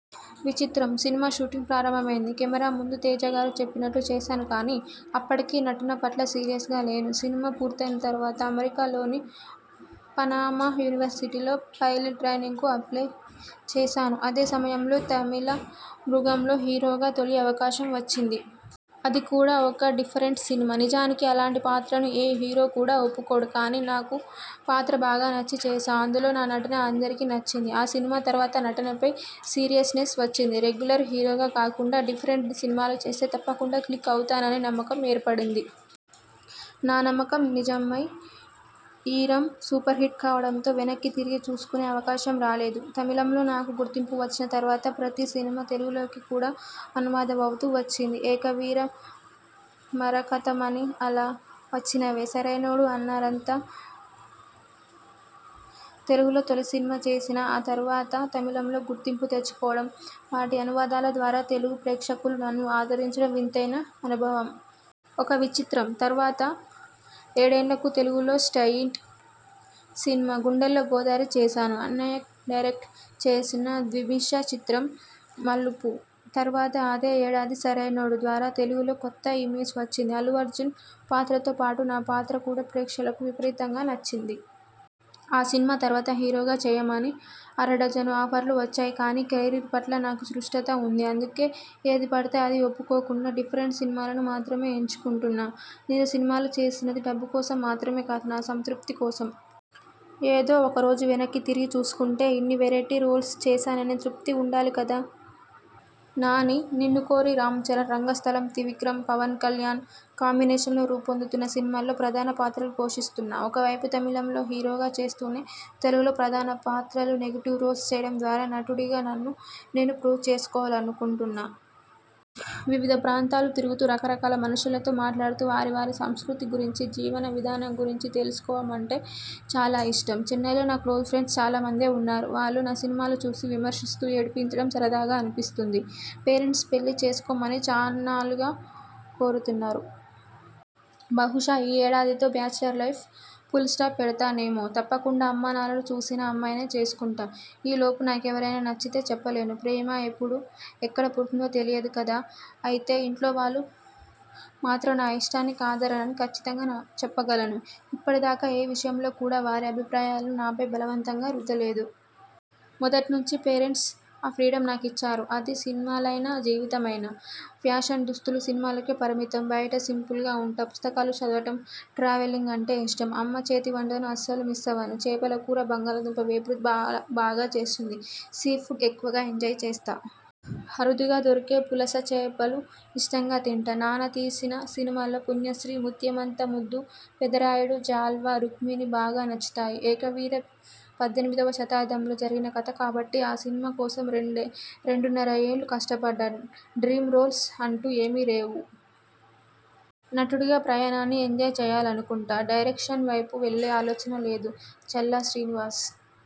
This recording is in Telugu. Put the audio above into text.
విచిత్రం' సినిమా షూటింగ్ ప్రారంభమైంది. కెమెరా ముందు తేజగారు చెప్పినట్టు చేశాను కానీ అప్పటికి నటన పట్ల సీరియస్గా లేను. సినిమా పూర్తయిన తర్వాత అమెరికాలోని పనామా యూనివర్శిటీలో పైలెట్ ట్రైనింగ్కు అప్లయ్ చేశాను. అదే సమయంలో తమిళ 'మృగం'లో హీరోగా తొలి అవకాశం వచ్చింది. అది కూడా ఒక డిఫరెంట్ సినిమా. నిజానికి అలాంటి పాత్రను ఏ హీరో కూడా ఒప్పుకోడు. కానీ నాకు పాత్ర బాగా నచ్చి చేశా. అందులో నా నటన అందరికీ నచ్చింది. ఆ సినిమా తర్వాత నటనపై సీరియస్నెస్ వచ్చింది. రెగ్యులర్ హీరోగా కాకుండా డిఫరెంట్ సినిమాలు చేస్తే తప్పకుండా క్లిక్ అవుతాననే నమ్మకం ఏర్పడింది. నా నమ్మకం నిజమై 'ఈరం' సూపర్హిట్ కావడంతో వెనక్కి తిరిగి చూసుకునే అవకాశం రాలేదు. తమిళంలో నాకు గుర్తింపు వచ్చిన తర్వాత ప్రతీ సినిమా తెలుగులోకి కూడా అనువాదమవుతూ వచ్చింది. 'ఏకవీర', 'మరకతమణి' అలా వచ్చినవే. 'సరైనోడు' అన్నారంతా తెలుగులో తొలి సినిమా చేసినా ఆ తర్వాత తమిళంలో గుర్తింపు తెచ్చుకోవడం, వాటి అనువాదాల ద్వారా తెలుగు ప్రేక్షకులు నన్ను ఆదరించడం వింతైన అనుభవం. 'ఒక విచిత్రం' తర్వాత ఏడేళ్లకు తెలుగులో స్ట్రయిట్ సినిమా 'గుండెల్లో గోదారి' చేశాను. అన్నయ్య డైరెక్ట్ చేసిన ద్విభాషా చిత్రం 'మలుపు' తర్వాత అదే యేడాది 'సరైనోడు' ద్వారా తెలుగులో కొత్త ఇమేజ్ వచ్చింది. అల్లు అర్జున్ పాత్రతో పాటు నా పాత్ర కూడా ప్రేక్షకులకు విపరీతంగా నచ్చింది. ఆ సినిమా తర్వాత హీరోగా చేయమని అరడజను ఆఫర్లు వచ్చాయి. కానీ కెరీర్ పట్ల నాకు స్పష్టత ఉంది. అందుకే ఏది పడితే అది ఒప్పుకోకుండా డిఫరెంట్ సినిమాలను మాత్రమే ఎంచుకుంటున్నా. నేను సినిమాలు చేస్తున్నది డబ్బు కోసం మాత్రమే కాదు, నా సంతృప్తి కోసం. ఏదో ఒకరోజు వెనక్కి తిరిగి చూసుకుంటే ఇన్ని వెరైటీ రోల్స్ చేశాననే తృప్తి ఉండాలి కదా. నాని 'నిన్ను కోరి', రామ్ చరణ్ 'రంగస్థలం', త్రివిక్రమ్, పవన్కళ్యాణ్ కాంబినేషన్లో రూపొందుతున్న సినిమాల్లో ప్రధాన పాత్రలు పోషిస్తున్నా. ఒకవైపు తమిళంలో హీరోగా చేస్తూనే, తెలుగులో ప్రధాన పాత్రలు, నెగిటివ్ రోల్స్ చేయడం ద్వారా నటుడిగా నన్ను నేను ప్రూవ్ చేసుకోవాలనుకుంటున్నా. వివిధ ప్రాంతాలు తిరుగుతూ రకరకాల మనుషులతో మాట్లాడుతూ వారి వారి సంస్కృతి గురించి, జీవన విధానం గురించి తెలుసుకోవడమంటే చాలా ఇష్టం. చెన్నైలో నా క్లోజ్ ఫ్రెండ్స్ చాలామందే ఉన్నారు. వాళ్లు నా సినిమాలు చూసి విమర్శిస్తూ, ఏడిపించడం సరదాగా అనిపిస్తుంది. పేరెంట్స్ పెళ్లి చేసుకొమ్మని చాన్నాళ్లుగా కోరుతున్నారు. బహుశా ఈ యేడాదితో బ్యాచిలర్ లైఫ్ పుల్స్టాప్ పెడతానేమో. తప్పకుండా అమ్మనాన్నలు చూసిన అమ్మాయినే చేసుకుంటా. ఈ లోపు నాకెవరైనా నచ్చితే చెప్పలేను. ప్రేమ ఎప్పుడు, ఎక్కడ పుడుతుందో తెలియదు కదా. అయితే ఇంట్లోవాళ్లు మాత్రం నా ఇష్టాన్ని కాదనరని కచ్చితంగా చెప్పగలను. ఇప్పటిదాకా ఏ విషయంలో కూడా వారి అభిప్రాయాలను నాపై బలవంతంగా రుద్దలేదు. మొదట్నుంచి పేరంట్స్ ఆ ఫ్రీడమ్ నాకిచ్చారు. అది సినిమాలైనా, జీవితమైనా! ఫ్యాషన్ దుస్తులు సినిమాలకే పరిమితం. బయట సింపుల్గా ఉంటా. పుస్తకాలు చదవడం, ట్రావెలింగ్ అంటే ఇష్టం. అమ్మ చేతివంటను అస్సలు మిస్సవ్వను. చేపల కూర, బంగాళదుంప వేపుడు బాగ బాగా చేస్తుంది. సీ ఫుడ్ ఎక్కువగా ఎంజాయ్ చేస్తా. అరుదుగా దొరికే పులస చేపలు ఇష్టంగా తింటా. నాన్న తీసిన సినిమాల్లో పుణ్యస్త్రీ, ముత్యమంత ముద్దు, పెదరాయుడు, జ్వాల, రుక్మిణి బాగా నచ్చుతాయి. 'ఏకవీర' పద్దెనిమిదివ శతాబ్దంలో జరిగిన కథ కాబట్టి ఆ సినిమా కోసం రెండే రెండున్నరేళ్లు కష్టపడ్డా. డ్రీమ్ రోల్స్ అంటూ ఏవీ లేవు. నటుడిగా ప్రయాణాన్ని ఎంజాయ్ చేయాలనుకుంటా. డైరెక్షన్ వైపు వెళ్లే ఆలోచన లేదు. చల్లా శ్రీనివాస్